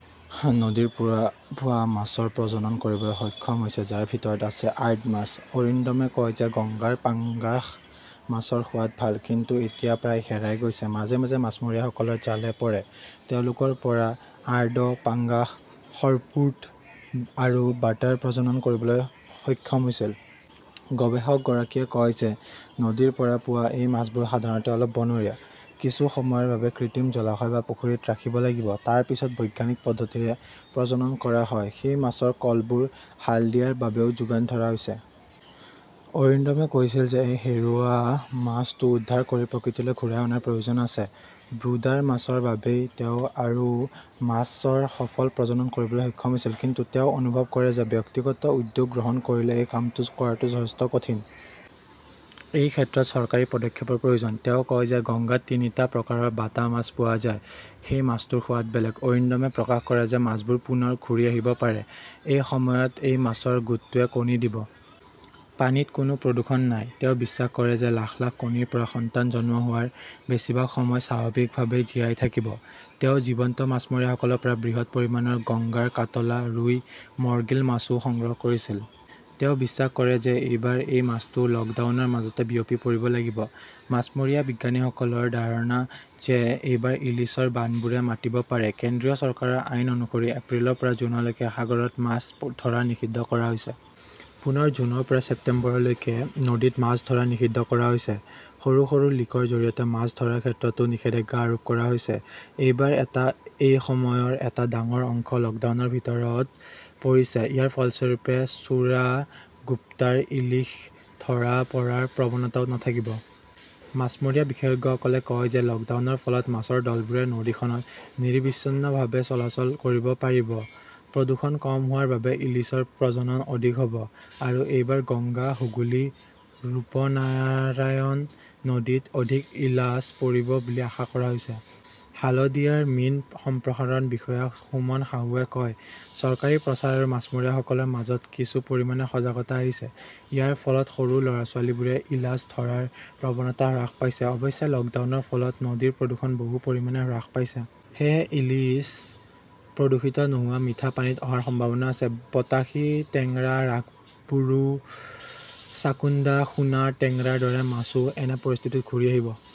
নদীৰ পৰা পোৱা মাছৰ প্ৰজনন কৰিবলৈ সক্ষম হৈছে, যাৰ ভিতৰত আছে আৰ্ড মাছ। অৰিন্দমে কয় যে গংগাৰ পাঙ্গাস মাছৰ সোৱাদ ভাল। কিন্তু এতিয়া প্ৰায় হেৰাই গৈছে। মাজে মাজে মাছমৰীয়াসকলৰ জালে পৰে। তেওঁলোকৰ পৰা আৰ্ড, পাঙ্গাস, সৰ্পুট আৰু বাটাৰ প্ৰজনন কৰিবলৈ সক্ষম হৈছিল। গৱেষকগৰাকীয়ে কয় যে নদীৰ পৰা পোৱা এই মাছবোৰ সাধাৰণতে অলপ 'বনৰীয়া। কিছু সময়ৰ বাবে কৃত্ৰিম জলাশয় বা পুখুৰীত ৰাখিব লাগিব। তাৰ পিছত বৈজ্ঞানিক পদ্ধতিৰে প্ৰজনন কৰা হয়। সেই মাছৰ কলবোৰ হালদিয়াৰ বাবেও যোগান ধৰা হৈছে। অৰিন্দমে কৈছিল যে এই হেৰুওৱা মাছটো উদ্ধাৰ কৰি প্ৰকৃতিলৈ ঘূৰাই অনাৰ প্ৰয়োজন আছে। ব্ৰুডাৰ মাছৰ বাবেই তেওঁ আৰু মাছৰ সফল প্ৰজনন কৰিবলৈ সক্ষম হৈছিল। কিন্তু তেওঁ অনুভৱ কৰে যে ব্যক্তিগত উদ্যোগ গ্ৰহণ কৰিলে এই কামটো কৰাটো যথেষ্ট কঠিন। এই ক্ষেত্ৰত চৰকাৰী পদক্ষেপৰ প্ৰয়োজন। তেওঁ কয় যে গংগাত তিনিটা প্ৰকাৰৰ বাটা মাছ পোৱা যায়। সেই মাছটোৰ সোৱাদ বেলেগ। অৰিন্দমে প্ৰকাশ কৰে যে মাছবোৰ পুনৰ ঘূৰি আহিব পাৰে। এই সময়ত এই মাছৰ গোটটোৱে কণী দিব। পানীত কোনো প্ৰদূষণ নাই। তেওঁ বিশ্বাস কৰে যে লাখ লাখ কণীৰ পৰা সন্তান জন্ম হোৱাৰ বেছিভাগ সময় স্বাভাৱিকভাৱেই জীয়াই থাকিব। তেওঁ জীৱন্ত মাছমৰীয়াসকলৰ পৰা বৃহৎ পৰিমাণৰ গংগাৰ কাটলা, ৰুই, মৰ্গীল মাছও সংগ্ৰহ কৰিছিল। তেওঁ বিশ্বাস কৰে যে এইবাৰ এই মাছটো লকডাউনৰ মাজতে বিয়পি পৰিব লাগিব। মাছমৰীয়া বিজ্ঞানীসকলৰ ধাৰণা যে এইবাৰ ইলিছৰ 'বানবোৰে মাতিব পাৰে। কেন্দ্ৰীয় চৰকাৰৰ আইন অনুসৰি এপ্ৰিলৰ পৰা জুনলৈকে সাগৰত মাছ ধৰা নিষিদ্ধ কৰা হৈছে। পুনৰ জুনৰ পৰা ছেপ্টেম্বৰলৈকে নদীত মাছ ধৰা নিষিদ্ধ কৰা হৈছে। সৰু সৰু লিকৰ জৰিয়তে মাছ ধৰাৰ ক্ষেত্ৰতো নিষেধাজ্ঞা আৰোপ কৰা হৈছে। এইবাৰ এটা এই সময়ৰ এটা ডাঙৰ অংশ লকডাউনৰ ভিতৰত পৰিছে। ইয়াৰ ফলস্বৰূপে চোৰাগোপ্টাৰ ইলিশ ধৰা পৰাৰ প্ৰৱণতাও নাথাকিব। মাছমৰীয়া বিশেষজ্ঞসকলে কয় যে লকডাউনৰ ফলত মাছৰ দলবোৰে নদীখনত নিৰবিচ্ছিন্নভাৱে চলাচল কৰিব পাৰিব। প্ৰদূষণ কম হোৱাৰ বাবে ইলিছৰ প্ৰজনন অধিক হব। আৰু এইবাৰ গংগা, হুগলী, ৰূপনাৰায়ণ নদীত অধিক ইলাছ পৰিব বুলি আশা কৰা হৈছে। হালদিয়াৰ মীন সম্প্ৰসাৰণ বিষয়া সুমন সাহুৱে কয়, চৰকাৰী প্ৰচাৰ আৰু মাছমৰীয়াসকলৰ মাজত কিছু পৰিমাণে সজাগতা আহিছে। ইয়াৰ ফলত সৰু লৰা-ছোৱালীবোৰে ইলাছ ধৰাৰ প্ৰৱণতা হ্ৰাস পাইছে। অৱশ্যে, লকডাউনৰ ফলত নদীৰ প্ৰদূষণ বহু পৰিমাণে হ্ৰাস পাইছে। সেয়েহে ইলিছ প্ৰদূষিত নোহোৱা মিঠা পানীত অহাৰ সম্ভাৱনা আছে। বতাসী, টেংৰা, ৰাসবোৰা চাকুণ্ডা, সোনা টেংৰাৰ দৰে মাছও এনে পৰিস্থিতিত ঘূৰি আহিব।